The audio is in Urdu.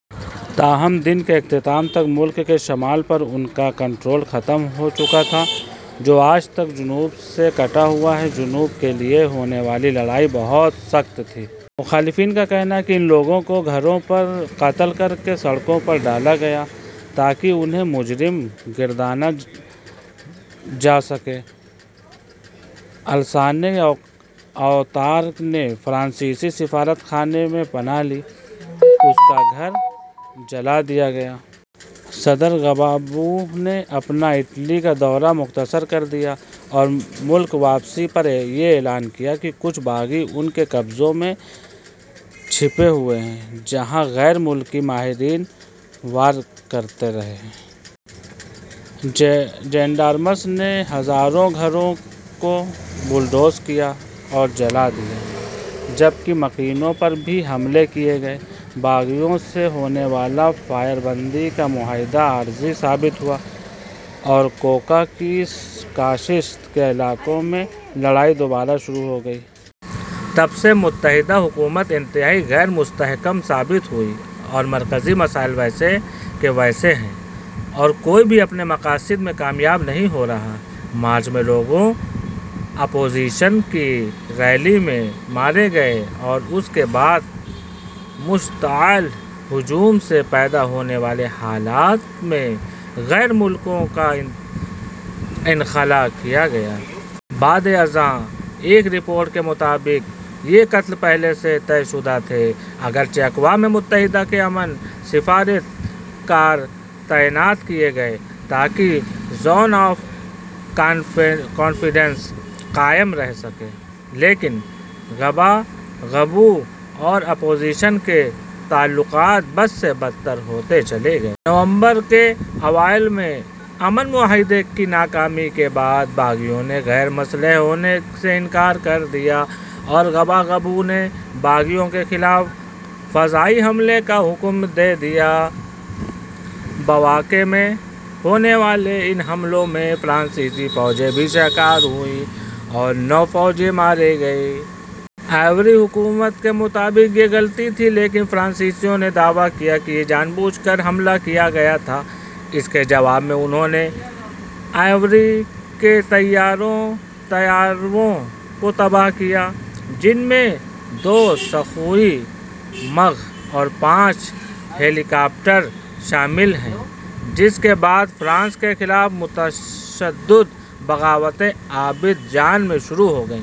تاہم دن کے اختتام تک ملک کے شمال پر ان کا کنٹرول ختم ہو چکا تھا جو آج تک جنوب سے کٹا ہوا ہے۔ جنوب کے لیے ہونے والی لڑائی بہت سخت تھی۔ مخالفین کا کہنا ہے کہ ان لوگوں کو گھروں پر قتل کرکے سڑکوں پرڈالا گیا تاکہ انھیں مجرم گردانا جا سکے۔ الاسانے اوتارا نے فرانسیسی سفارت خانے میں پناہ لی اور اس کا گھر جلا دیا گیا۔ صدر گباگبو نے اپنا اٹلی کا دورہ مختصر کر دیا اورملک واپسی پر یہ اعلان کیا کہ کچھ باغی ان قصبوں میں چھپے ہوئے ہیں جہاں غیر ملکی مہاجرین ورکر رہتے ہ یں۔ جینڈآرمس نے ہزاروں گھروں کو بلڈوز کیا اور جلا دیا جبکہ مکینوں پر بھی حملے کیے گئے۔ باغیوں سے ہونے والا فائر بندی کا معاہدہ عارضی ثابت ہوا اور کوکا کی کاشت کے علاقوں میں لڑائی دوبارہ شروع ہو گئی۔ تب سے متحدہ حکومت انتہائی غیر مستحکم ثابت ہوئی ہے اور مرکزی مسائل ویسے کے ویسے ہیں اور کوئی بھی اپنے مقاصد میں کامیاب نہیں ہو رہا۔ مارچ ء میں لوگ اپوزیشن کی ریلی میں مارے گئے اور اس کے بعد مشتعل ہجوم سے پیدا ہونے والے حالات میں غیر ملکیوں کا انخلا کیا گیا۔ بعد ازاں ایک رپورٹ کے مطابق یہ قتل پہلے سے طے شدہ تھے۔ اگرچہ اقوام متحدہ کے امن سفارت کار تعینات کیے گئے تاکہ زون آف کانفیڈنس قائم رہ سکے لیکن گباگبو اور اپوزیشن کے تعلقات بد سے بدتر ہوتے چلے گئے۔ نومبر ء کے اوائل میں امن معاہدے کی ناکامی کے بعد باغیوں نے غیر مسلح ہونے سے انکار کر دیا اور گباگبو نے باغیوں کے خلاف فضائی حملے کا حکم دے دیا۔ بوآکے میں ہونے والے ان حملوں میں فرانسیسی فوجی بھی شکار ہوئے اور نو فوجی مارے گئے۔ آئیوری حکومت کے مطابق یہ غلطی تھی لیکن فرانسیسیوں نے دعویٰ کیا کہ یہ جان بوجھ کر حملہ کیا گیا تھا۔ اس کے جواب میں انھوں نے آئیوری کے طیاروں کو تباہ کیا جن میں دو سخوئی مگ اور پانچ ہیلی کاپٹر شامل ہیں جس کے بعد فرانس کے خلاف متشدد بغاوتیں عابدجان میں شروع ہو گئیں۔